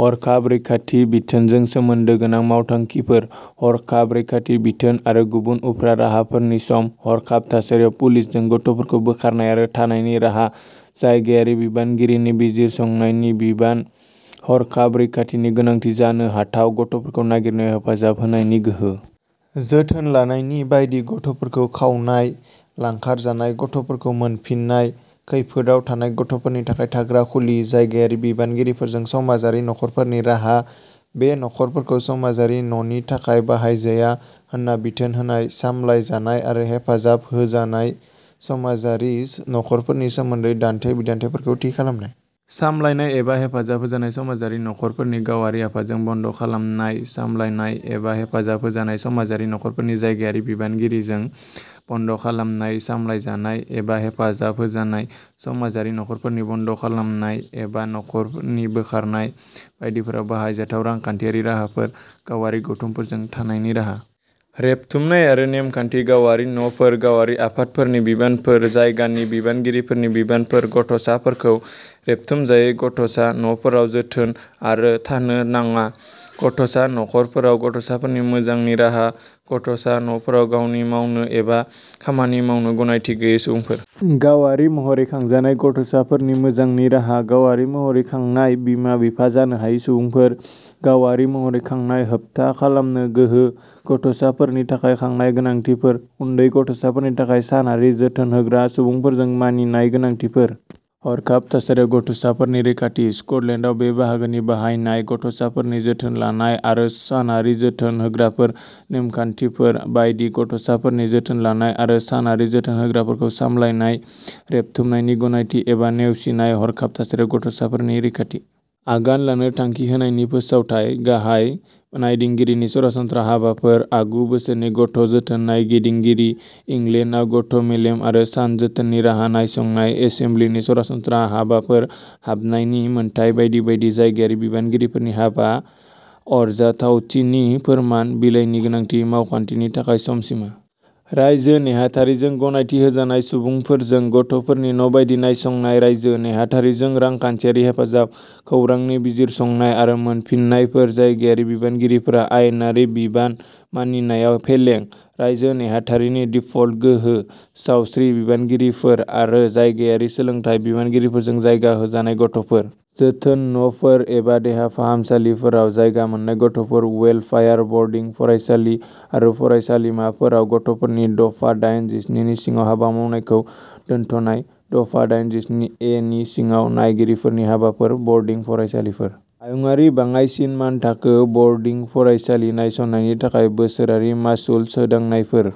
हरखाब रैखाथि बिथोनजों सोमोन्दो गोनां मावथांखिफोर। हरखाब रैखाथि बिथोन आरो गुबुन उफ्रा राहाफोरनि सम। हरखाब थासारियाव पुलिसजों गथ'फोरखौ बोखारनाय आरो थानायनि राहा। जायगायारि बिबानगिरिनि बिजिरसंनायनि बिबान। हरखाब रैखाथिनि गोनांथि जानो हाथाव गथ'फोरखौ नागिरनायाव हेफाजाब होनायनि गोहो। जोथोन लानाय बायदि गथ'फोरखौ खावनाय। लांखारजानाय गथ'फोरखौ मोनफिननाय। खैफोदाव थानाय गथ'फोरनि थाखाय थाग्रा खुलि। जायगायारि बिबानगिरिफोरजों समाजारि न'फोरनि राहा। बे न'फोरखौ समाजारि न'नि थाखाय बाहायजाया होनना बिथोन होनाय। सामलायनाय आरो हेफाजाब होजानाय समाजारि न'फोरनि सोमोन्दै दान्थे-बिदान्थेफोरखौ थि खालामनाय। सामलायनाय एबा हेफाजाब होजानाय समाजारि न'फोरनि गावआरि आफादजों बन्द'खालामनाय। सामलायनाय एबा हेफाजाब होजानाय समाजारि न'फोरनि जायगायारि बिबानगिरिजों बन्द'खालामनाय। सामलायजानाय एबा हेफाजाब होजानाय समाजारि न'फोरनि बन्द'खालामनाय एबा न'फोरनि बोखारनाय बायदिफोराव बाहायजाथाव रांखान्थियारि राहाफोर। गावआरि गौथुमफोरजों थानायनि राहा। रेबथुमनाय आरो नेमखान्थि गावआरि न’फोर। गावआरि आफादफोरनि बिबानफोर। जायगानि बिबानगिरिफोरनि बिबानफोर। गथ’ साफोरखौ रेबथुमजायै गथ’सा न’फोराव जोथोन आरो थानो नाङा। गथ’सा न’फोराव गथ’साफोरनि मोजांनि राहा। गथ सा न’ फोराव खामानि मावनो एबा खामानि मावनो गनायथि गैयै सुबुंफोर। गावारि महरै खांजानाय गथ’ साफोरनि मोजांनि राहा। गावारि महरै खांनाय बिमा-बिफा जानो हायि सुबुंफोर। गावारि महरै खांनाय होबथा खालामनो गोहो। गथ’साफोरनि थाखाय खांनाय गोनांथिफोर। उन्दै गथ’साफोरनि थाखाय सानारि जोथोन होग्रा सुबुंफोरजों मानिनाय गोनांथिफोर। हरखाब थासारियाव गथ’साफोरनि रैखाथि। स्कटलेन्डआव बे बाहागोनि बाहायनाय। गथ’साफोरनि जोथोन लानाय आरो सानारि जोथोन होग्राफोर। नेमखान्थिफोर बायदि गथ’साफोरनि जोथोन लानाय आरो सानारि जोथोन होग्राफोरखौ सामलायनाय। रेबथुमनायनि गनायथि एबा नेवसिनाय। हरखाब थासारियाव गथ’साफोरनि रैखाथि। आगान लानो थांखि होनायनि फोसावथाइ। गाहाय नायदिंगिरिनि सरासनस्रा हाबाफोर आगु बोसोरफोरनि गथ’ जोथोन नायदिंगिरि इंलेन्डआव गथ’ मेलेम आरो सान जोथोननि राहा नायसंनाय एसेमब्लिनि सरासनस्रा हाबाफोर हाबनायनि मोनथाय बायदि बायदि जायगायारि बिबानगिरिफोरनि हाबा आरजाथावथिनि फोरमान बिलाइनि गोनांथि मावखान्थिनि थाखाय सम सिमा। रायजो नेहाथारिजों गनायथि होजानाय सुबुंफोरजों गथ’फोरनि न’ बायदि नायसंनाय। रायजो नेहाथारिजों रांखान्थियारि हेफाजाब। खौरांनि बिजिरसंनाय आरो मोनफिन्नायफोर। जायगायारि बिबानगिरिफोरा आयेनारि बिबान मानिनायाव फेलें। रायजो नेहाथारिनि दिफल्ट गोहो। सावस्रि बिबानगिरिफोर आरो जायगायारि सोलोंथाय बिबानगिरिफोरजों जायगा होजानाय गथ’फोर। जोथोन न’फोर एबा उदां देहा फाहामसालिफोराव जायगा मोन्नाय गथ’फोर। वेलफेयार बरडिं फरायसालि आरो फरायसालिमाफोराव गथ’फोरनि। दफा दाइन जिस्नि नि सिङाव हाबा मावनायखौ दोनथ "नाय। दफा दाइन जिस्नि ए नि सिङाव नायगिरिफोरनि हाबाफोर। बरडिं फरायसालिफोर। हायुंआरि बाङाइसिन मानथाखो। बरडिं फरायसालि नायसंनायनि थाखाय बोसोरारि मासुल। सोदांनायफोर